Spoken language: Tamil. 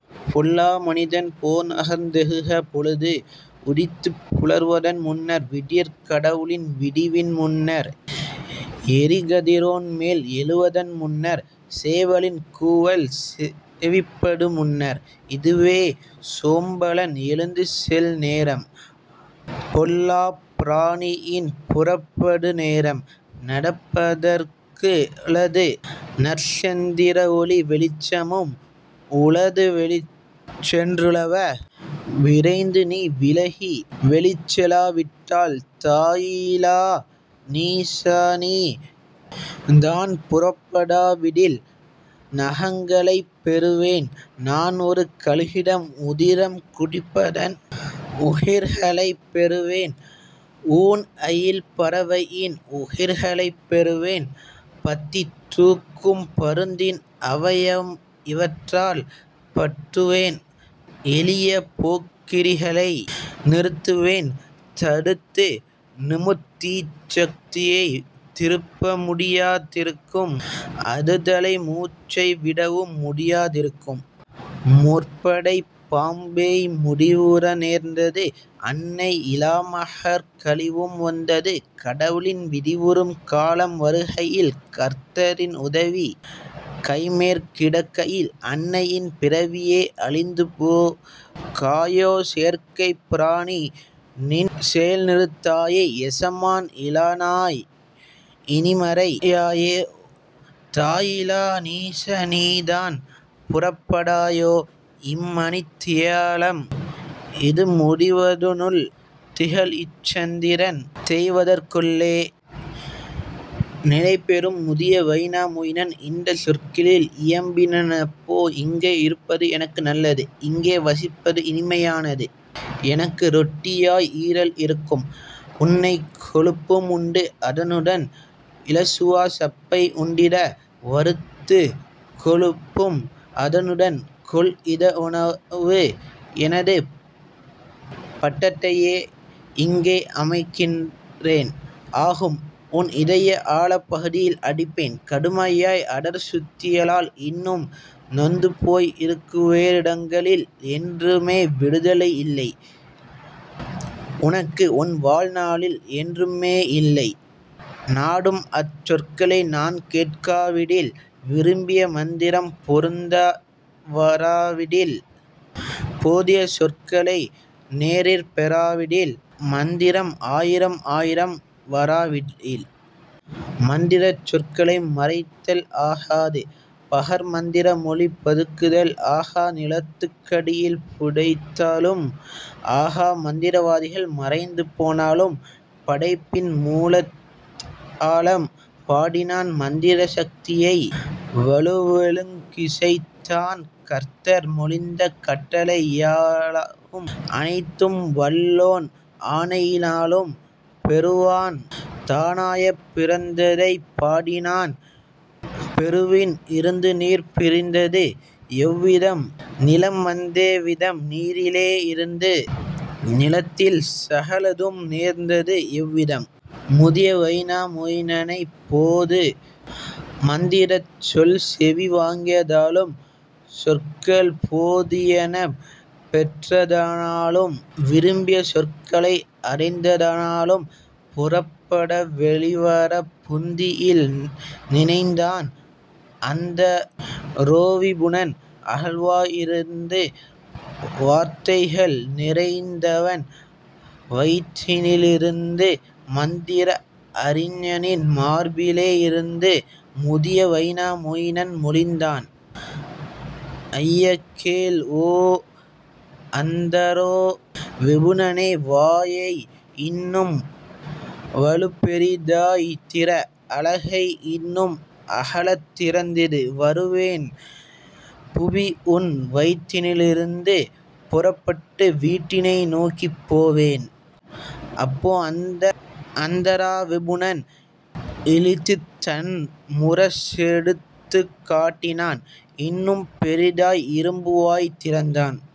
பொல்லா மனிதனே போ நகர்ந் தேகுக பொழுது உதித்துப் புலர்வதன் முன்னர் விடியற் கடவுளின் விடிவின் முன்னர் எறிகதி ரோன்மேல் எழுவதன் முன்னர் சேவலின் கூவல் செவிப்படு முன்னர். இதுவே சோம்பலன் எழுந்துசெல் நேரம் பொல்லாப் பிராணியின் புறப்படு நேரம் நடப்பதற் குளது நற்சந்திர ஒளி வெளிச்சமும் உளது வெளிச்சென் றுலவ. விரைந்துநீ விலகி வெளிச்செலா விட்டால் தாயிலா நீசநீ தான்புறப் படாவிடில் நகங்களைப் பெறுவேன் நான்ஒரு கழுகிடம் உதிரம் குடிப்பதன் உகிர்களைப் பெறுவேன் ஊன்அயில் பறவையின் உகிர்களைப் பெறுவேன் பற்றித் தூக்கும் பருந்தின் அவயவம் இவற்றால் பற்றுவேன் எளியபோக் கிரிகளை நிறுத்துவேன் தடுத்து நிமிர்தீச் சக்தியை திருப்ப முடியா திருக்கும் அதுதலை மூச்சை விடவும் முடியா திருக்கும். முற்படைப் பாம்பேய் முடிவுற நேர்ந்தது அன்னை யிலாமகற் கழிவும் வந்தது கடவுளின் விடிவுறும் காலம் வருகையில் கர்த்தரின் உதவி கைமேற் கிடைக்கையில் அன்னையின் பிறவியே அழிந்துபோ காயோ செயற்கைப் பிராணிநின் செயல்நிறுத் தாயோ எசமான் இலாநாய் இனிமறை யாயோ தாயிலா நீசநீ தான்புறப் படாயோ இம்மணித் தியாலம் இதுமுடி வதனுள் திகழ்இச் சந்திரன் தேய்வதற் குள்ளே. நிலைபெறும் முதிய வைனா மொயினன் இந்தச் சொற்களில் இயம்பின னப்போ இங்கே இருப்பது எனக்கு நல்லது இங்கே வசிப்பது இனிமை யானது எனக்கு ரொட்டியாய் ஈரல் இருக்கும் உண்ணக் கொழுப்பும் உண்டு அதனுடன் உளசுவா சப்பை உண்டிட வறுத்து கொழுப்பும் அதனுடன் கொள்இத உணவு. எனது பட்டடையை இங்கே அமைக்கிறேன் ஆகும்உன் இதய ஆழப் பகுதியில் அடிப்பேன் கடுமையாய் அடர்சுத் தியலால் இன்னும் நொந்துபோய் இருக்குவே றிடங்களில் என்றுமே விடுதலை இல்லை உனக்கு உன்வாழ் நாளில் என்றுமே யில்லை நாடும்அச் சொற்களை நான்கேட் காவிடில் விரும்பிய மந்திரம் பொருந்த வராவிடில் போதிய சொற்களை நேரிற் பெறாவிடில் மந்திரம் ஆயிரம் ஆயிரம் வராவிடில். மந்திரச் சொற்களை மறைத்தல்ஆ காது பகர்மந் திரமொழி பதுக்குதல் ஆகா நிலத்துக் கடியிலே புதைத்தலும் ஆகா மந்திர வாதிகள் மறைந்துபோ னாலும். படைப்பின் மூலத் ஆழம் பாடினான் மந்திர சக்தியை வலுவொழுங் கிசைத்தான் கர்த்தர் மொழிந்த கட்டளை யாலும் அனைத்தும் வல்லோன் ஆணையி னாலும் பெருவான் தானாயப் பிறந்ததைப் பாடினான் பெருவிண் இருந்துநீர் பிரிந்தது எவ்விதம் நிலம்வந் தெவ்விதம் நீரிலே யிருந்து நிலத்தில் சகலதும் நேர்ந்தது எவ்விதம். முதிய வைனா மொயினனப் போது மந்திரச் சொல்செவி வாங்கிய தாலும் சொற்கள்போ தியன பெற்றத னாலும் விரும்பிய சொற்களை அடைந்தத னாலும் புறப்பட வெளிவரப் புந்தியில் நினைந்தான் அந்தரோ விபுனன் அகல்வா யிருந்து வார்த்தைகள் நிறைந்தவன் வயிற்றினி லிருந்து மந்திர அறிஞனின் மார்பிலே யிருந்து. முதிய வைனா மொயினன் மொழிந்தான் ஐயகேள் ஓஓ அந்தரோ விபுனனே வாயை இன்னும் வலுபெரி தாய்த்திற அலகை இன்னும் அகலத் திறந்திடு வருவேன் புவிஉன் வயிற்றினி லிருந்து புறப்பட்டு வீட்டினை நோக்கிப் போவேன். அப்போ அந்த அந்தரோ விபுனன் இளித்துத் தன்முர செடுத்துக் காட்டினான் இன்னும் பெரிதாய் இரும்வாய் திறந்தான்